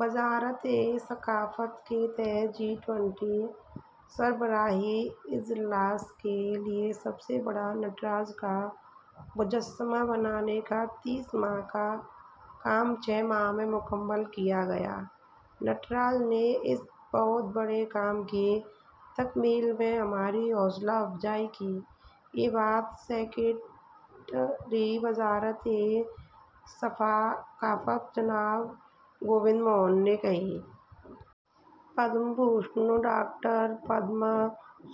وزارت ثقافت کے تحت جی ٹوئنٹی سربراہی اجلاس کے لیے سب سے بڑا نٹراج مجسمہ بنانے کا تیس ماہ کا کام چھ ماہ میں مکمل کیا گیا۔ نٹراج نے اس بہت بڑے کام کی تکمیل میں ہماری حوصلہ افزائی کی، یہ بات سکریٹری وزارت ثقافت جناب گووند موہن نے کہی۔ پدم بھوشن ڈاکٹر پدما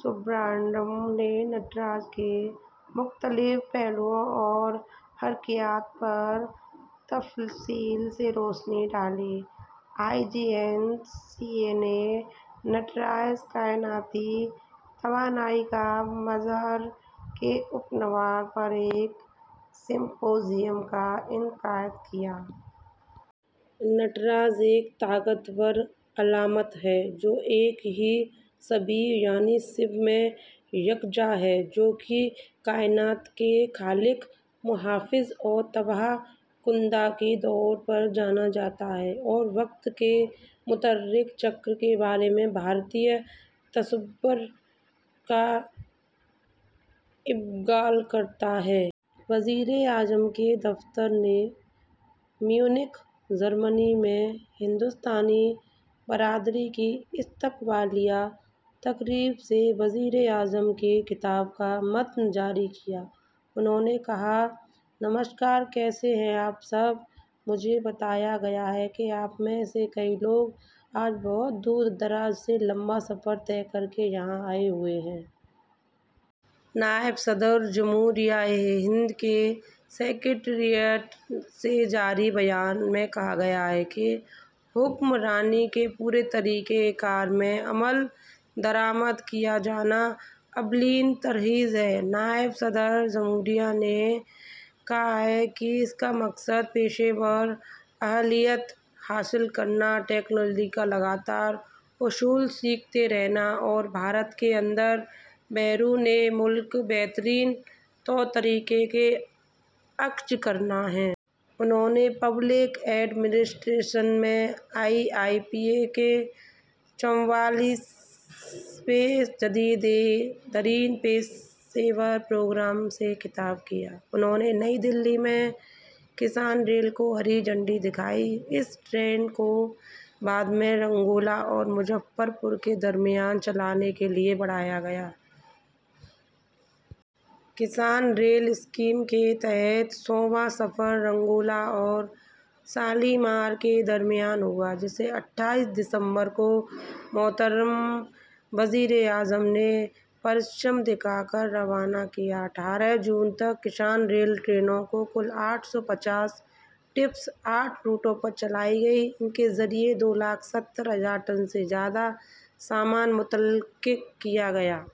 سبرامنیم نے نٹراج کے مختلف پہلوؤں اور حرکیات پر تفصیل سے روشنی ڈالی۔ آئی جی این سی اے نے نٹراج: کائناتی توانائی کا مظہر کے عنوان پر ایک سمپوزیم کا انعقاد کیا۔ نٹراج ایک طاقتور علامت ہے جو ایک ہی شبیہ یعنی شیو میں یکجا ہے، جو کہ کائنات کے خالق، محافظ اور تباہ کنندہ کے طور پر جانا جاتا ہے اور وقت کے متحرک چکر کے بارے میں بھارتی تصور کا ابلاغ کرتا ہے۔ وزیر اعظم کے دفتر نے میونخ، جرمنی میں ہندوستانی برادری کی استقبالیہ تقریب سے وزیر اعظم کے خطاب کا متن جاری کیا۔ انہوں نے کہا، نمسکار! کیسے ہیں آپ سب؟ مجھے بتایا گیا ہے کہ آپ میں سے کئی لوگ آج بہت دور دراز سے لمبا سفر طے کر کے یہاں آئے ہوئے ہیں۔ نائب صدر جمہوریہ ہند کے سکریٹریٹ سے جاری بیان میں کہا گیا کہ حکمرانی کے پورے طریقہ کار میں عمل درآمد کیا جانا اولین ترجیح ہے۔ نائب صدر جمہوریہ نے کہا کہ اس کا مقصد پیشہ ورانہ اہلیت حاصل کرنا، ٹیکنالوجی کا لگاتار حصول، سیکھتے رہنا اور بھارت کے اندر اور بیرون ملک بہترین طور طریقوں کو اخذ کرنا ہے۔ انہوں نے پبلک ایڈمنسٹریشن میں آئی آئی پی اے کے چوالیسویں جدید ترین پیشہ ورانہ پروگرام سے خطاب کیا۔ انہوں نے نئی دہلی میں کسان ریل کو ہری جھنڈی دکھائی۔ اس ٹرین کو بعد میں سنگولا اور مظفر پور کے درمیان چلانے کے لیے بڑھایا گیا ہے۔ کسان ریل اسکیم کے تحت سوواں سفر سنگولا اور شالیمار کے درمیان ہوا جسے اٹھائیس دسمبر کو محترم وزیر اعظم نے پرچم دکھا کر روانہ کیا۔ اٹھارہ جون تک کسان ریل ٹرینوں کی کل آٹھ سو پچاس ٹرپس ساٹھ روٹوں پر چلائی گئیں، جن کے ذریعے دو لاکھ ستر ہزار ٹن سے زیادہ سامان منتقل کیا گیا۔